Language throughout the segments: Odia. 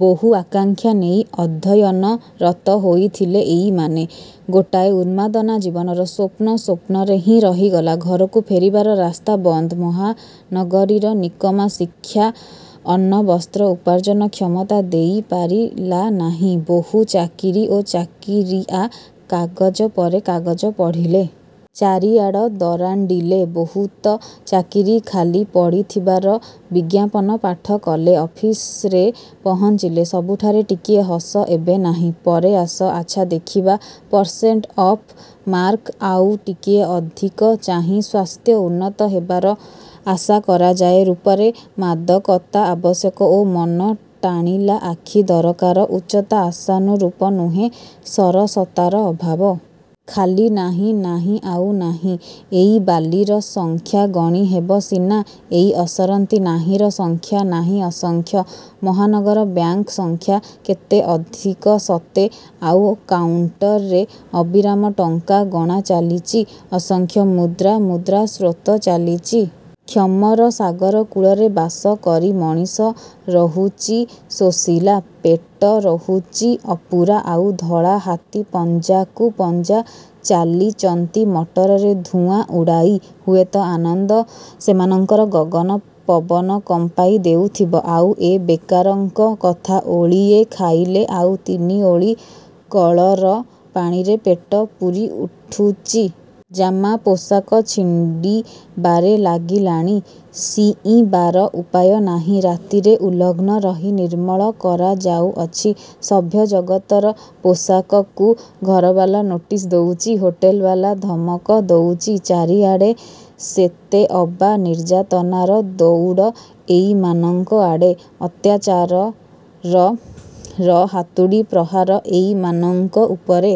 ବହୁ ଆକାଙ୍କ୍ଷା ନେଇ ଅଧ୍ୟୟନରତ ହୋଇଥିଲେ ଏଇମାନେ। ଗୋଟାଏ ଉନ୍ମାଦନା, ଜୀବନର ସ୍ୱପ୍ନ ସ୍ୱପ୍ନରେ ହିଁ ରହିଗଲା। ଘରକୁ ଫେରିବାର ରାସ୍ତା ବନ୍ଦ। ମହାନଗରୀର ନିକମା ଶିକ୍ଷା ଅନ୍ନ ବସ୍ତ୍ର ଉପାର୍ଜନ କ୍ଷମତା ଦେଇ ପାରିଲା ନାହିଁ। ବହୁ ଚାକିରୀ ଓ ଚାକିରୀଆ, କାଗଜ ପରେ କାଗଜ ପଢ଼ିଲେ। ଚାରିଆଡ଼ ଦରାଣ୍ତିଲେ। ବହୁତ ଚାକିରୀ ଖାଲି ପଡ଼ିଥିବାର ବିଜ୍ଞାପନ ପାଠ କଲେ। ଅଫିସରେ ପହଞ୍ଚିଲେ। ସବୁଠାରେ ଟିକିଏ ହସ, ଏବେ ନାହିଁ, ପରେ ଆସ, ଆଛା ଦେଖିବା, ପରସେଣ୍ଟ ଅଫ ମାର୍କ ଆଉ ଟିକିଏ ଅଧିକ ଚାହି, ସ୍ୱାସ୍ଥ୍ୟ ଉନ୍ନତ ହେବାର ଆଶା କରାଯାଏ, ରୂପରେ ମାଦକତା ଆବଶ୍ୟକ ଓ ମନ ଟାଣିଲା ଆଖି ଦରକାର, ଉଚ୍ଚତା ଆଶାନୁରୂପ ନୁହେଁ, ସରସତାର ଅଭାବ। ଖାଲି ନାହିଁ, ନାହିଁ ଆଉ ନାହିଁ। ଏଇ ବାଲିର ସଂଖ୍ୟା ଗଣି ହେବ ସିନା, ଏଇ ଅସରନ୍ତି ନାହିଁର ସଂଖ୍ୟା ନାହିଁ ଅସଂଖ୍ୟ। ମହାନଗର ବ୍ୟାଙ୍କ ସଂଖ୍ୟା, କେତେ ଅଧିକ ସତେ! ଆଉ କାଉଣ୍ଟରରେ ଅବିରାମ ଟଙ୍କା ଗଣା ଚାଲିଚି। ଅସଂଖ୍ୟ ମୁଦ୍ରା, ମୁଦ୍ରା ସ୍ରୋତ ଚାଲିଚି। କ୍ଷମର ସାଗର କୂଳରେ ବାସ କରି ମଣିଷ ରହୁଚି ଶୋଷିଲା। ପେଟ ରହୁଚି ଅପୂରା। ଆଉ ଧଳା ହାତୀ ପଞ୍ଝାକୁ ପଞ୍ଝା ଚାଲିଚନ୍ତି ମଟରରେ ଧୁଆଁ ଉଡ଼ାଇ। ହୁଏତ ଆନନ୍ଦ ସେମାନଙ୍କର ଗଗନ ପବନ କମ୍ପାଇ ଦେଉଥିବ। ଆଉ ଏ ବେକାରଙ୍କ କଥା! ଓଳିଏ ଖାଇଲେ ଆଉ ତିନି ଓଳି କଳର ପାଣିରେ ପେଟ ପୂରି ଉଠୁଚି। ଜାମା, ପୋଷାକ ଛିଣ୍ତିବାରେ ଲାଗିଲାଣି। ଶିଇଁବାର ଉପାୟ ନାହିଁ। ରାତିରେ ଉଲଗ୍ନ ରହି ନିର୍ମଳ କରାଯାଉଅଛି। ସଭ୍ୟ ଜଗତର ପୋଷାକକୁ। ଘରବାଲା ନୋଟିସ୍ ଦଉଚି। ହୋଟେଲବାଲା ଧମକ ଦଉଚି। ଚାରିଆଡ଼େ ସେତେ ଅବା ନିର୍ଯାତନାର ଧଉଡ଼ ଏଇମାନଙ୍କ ଆଡ଼େ। ଅତ୍ୟାଚାରରର ହାତୁଡ଼ି ପ୍ରହାର ଏଇମାନଙ୍କ ଉପରେ।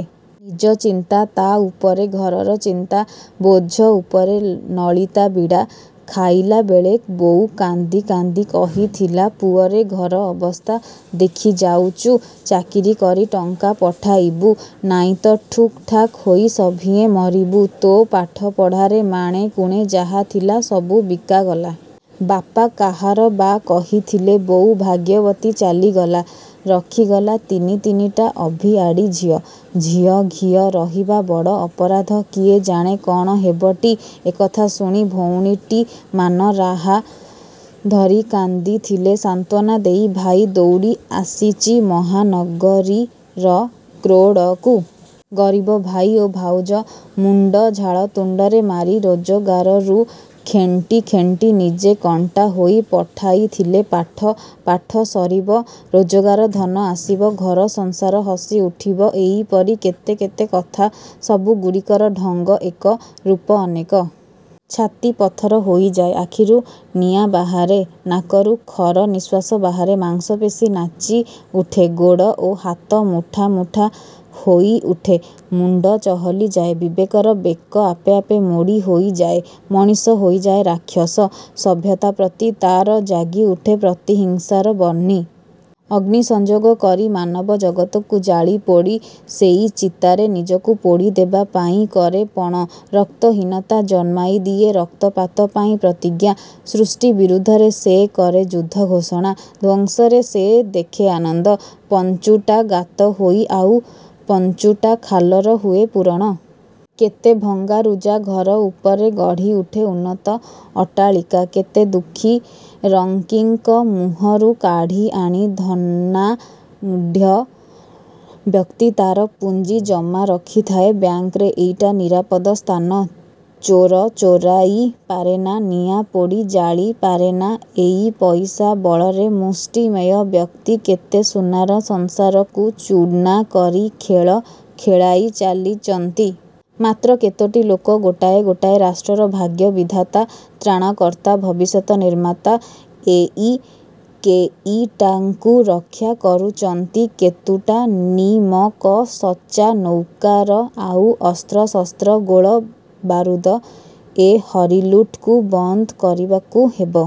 ନିଜ ଚିନ୍ତା, ତା ଉପରେ ଘରର ଚିନ୍ତା, ବୋଝ ଉପରେ ନଳିତା ବିଡ଼ା। ଖାଇଲାବେଳେ ବୋଉ କାନ୍ଦି କାନ୍ଦି କହିଥିଲା-ପୁଅରେ, ଘର ଅବସ୍ଥା ଦେଖିଯାଉଚୁ। ଚାକିରୀ କରି ଟଙ୍କା ପଠାଇବୁ, ନାଇଁ ତ ଠୁକ୍ ଠାକ୍ ହୋଇ ସଭିଏଁ ମରିବୁ। ତୋ ପାଠପଢ଼ାରେ ମାଣେ କୁଣେ ଯାହା ଥିଲା, ସବୁ ବିକାଗଲା। ବାପା କାହାର ବା କହିଥିଲେ, 'ବୋଉ ଭାଗ୍ୟବତୀ ଚାଲିଗଲା। ରଖିଗଲା ତିନି ତିନିଟା ଅଭିଆଡ଼ୀ ଝିଅ। 'ଝିଅ ଘିଅ' ରହିବା ବଡ଼ ଅପରାଧ, କିଏ ଜାଣେ କ'ଣ ହେବଟି। ' ଏକଥା ଶୁଣି ଭଉଣୀଟିମାନ ରାହା ଧରି କାନ୍ଦିଥିଲେ। ସାନ୍ତ୍ୱନା ଦେଇ ଭାଇ ଧଉଡ଼ି ଆସିଚି ମହାନଗରୀର କ୍ରୋଡ଼କୁ। ଗରିବ ଭାଇ ଓ ଭାଉଜ। ମୁଣ୍ଡ ଝାଳ ତୁଣ୍ତରେ ମାରି ରୋଜଗାରରୁ ଖେଣ୍ଟି ଖେଣ୍ଟି ନିଜେ କଣ୍ଟା ହୋଇ ପଢ଼ାଇଥିଲେ ପାଠ। ପାଠ ସରିବ। ରୋଜଗାର ଧନ ଆସିବ। ଘର ସଂସାର ହସିଉଠିବ। ଏଇପରି କେତେ କେତେ କଥା। ସବୁ ଗୁଡ଼ିକର ଢଙ୍ଗ ଏକ, ରୂପ ଅନେକ। ଛାତି ପଥର ହୋଇଯାଏ। ଆଖିରୁ ନିଆଁ ବାହାରେ। ନାକରୁ ଖରନିଶ୍ୱାସ ବାହାରେ। ମାଂସପେଶୀ ନାଚିଉଠେ। ଗୋଡ଼ ଓ ହାତ ମୁଠା ମୁଠା ହୋଇଉଠେ। ମୁଣ୍ତ ଚହଲିଯାଏ। ବିବେକର ବେକ ଆପେ ଆପେ ମୋଡ଼ି ହୋଇଯାଏ। ମଣିଷ ହୋଇଯାଏ ରାକ୍ଷସ। ସଭ୍ୟତା ପ୍ରତି ତାର ଜାଗିଉଠେ ପ୍ରତିହିଂସାର ବହ୍ନି। ଅଗ୍ନି ସଂଯୋଗ କରି ମାନବ ଜଗତକୁ ଜାଳି ପୋଡ଼ି ସେଇ ଚିତାରେ ନିଜକୁ ପୋଡ଼ି ଦେବାପାଇଁ କରେ ପଣ। ରକ୍ତହୀନତା ଜନ୍ମାଇଦିଏ ରକ୍ତପାତ ପାଇଁ ପ୍ରତିଜ୍ଞା। ସୃଷ୍ଟି ବିରୁଦ୍ଧରେ ସେ କରେ ଯୁଦ୍ଧ ଘୋଷଣା, ଧ୍ୱଂସରେ ସେ ଦେଖେ ଆନନ୍ଦ। ପାଞ୍ଚୁଟା ଗାତ ହୋଇ ଆଉ ପାଞ୍ଚୁଟା ଖାଲର ହୁଏ ପୂରଣ। କେତେ ଭଙ୍ଗାରୁଜା ଘର ଉପରେ ଗଢ଼ିଉଠେ ଉନ୍ନତ ଅଟ୍ଟାଳିକା। କେତେ ଦୁଃଖୀ ରଙ୍କିଙ୍କ ମୁହଁରୁ କାଢ଼ି ଆଣି ଧନାଢ଼୍ୟ ବ୍ୟକ୍ତି ତାର ପୁଞ୍ଜି ଜମା ରଖିଥାଏ ବ୍ୟାଙ୍କରେ, ଏଇଟା ନିରାପଦ ସ୍ଥାନ। ଚୋର ଚୋରାଇ ପାରେନା। ନିଆଁ ପୋଡ଼ି ଜାଳି ପାରେନା। ଏଇ ପଇସା ବଳରେ ମୁଷ୍ଟିମେୟ ବ୍ୟକ୍ତି କେତେ ସୁନାର ସଂସାରକୁ ଚୂନା କରି ଖେଳ ଖେଳାଇ ଚାଲିଚନ୍ତି। ମାତ୍ର କେତୋଟି ଲୋକ ଗୋଟାଏ ଗୋଟାଏ ରାଷ୍ଟ୍ରର ଭାଗ୍ୟ ବିଧାତା, ତ୍ରାଣକର୍ତ୍ତା, ଭବିଷ୍ୟତ ନିର୍ମାତା। ଏଇ କେଇଟାଙ୍କୁ ରକ୍ଷା କରୁଚନ୍ତି କେତୁଟା ନିମକସଚ୍ଚା ନୌକାର ଆଉ ଅସ୍ତ୍ର, ଶସ୍ତ୍ର ଗୋଳ ବାରୁଦ। ଏ ହରିଲୁଟକୁ ବନ୍ଦ କରିବାକୁ ହେବ।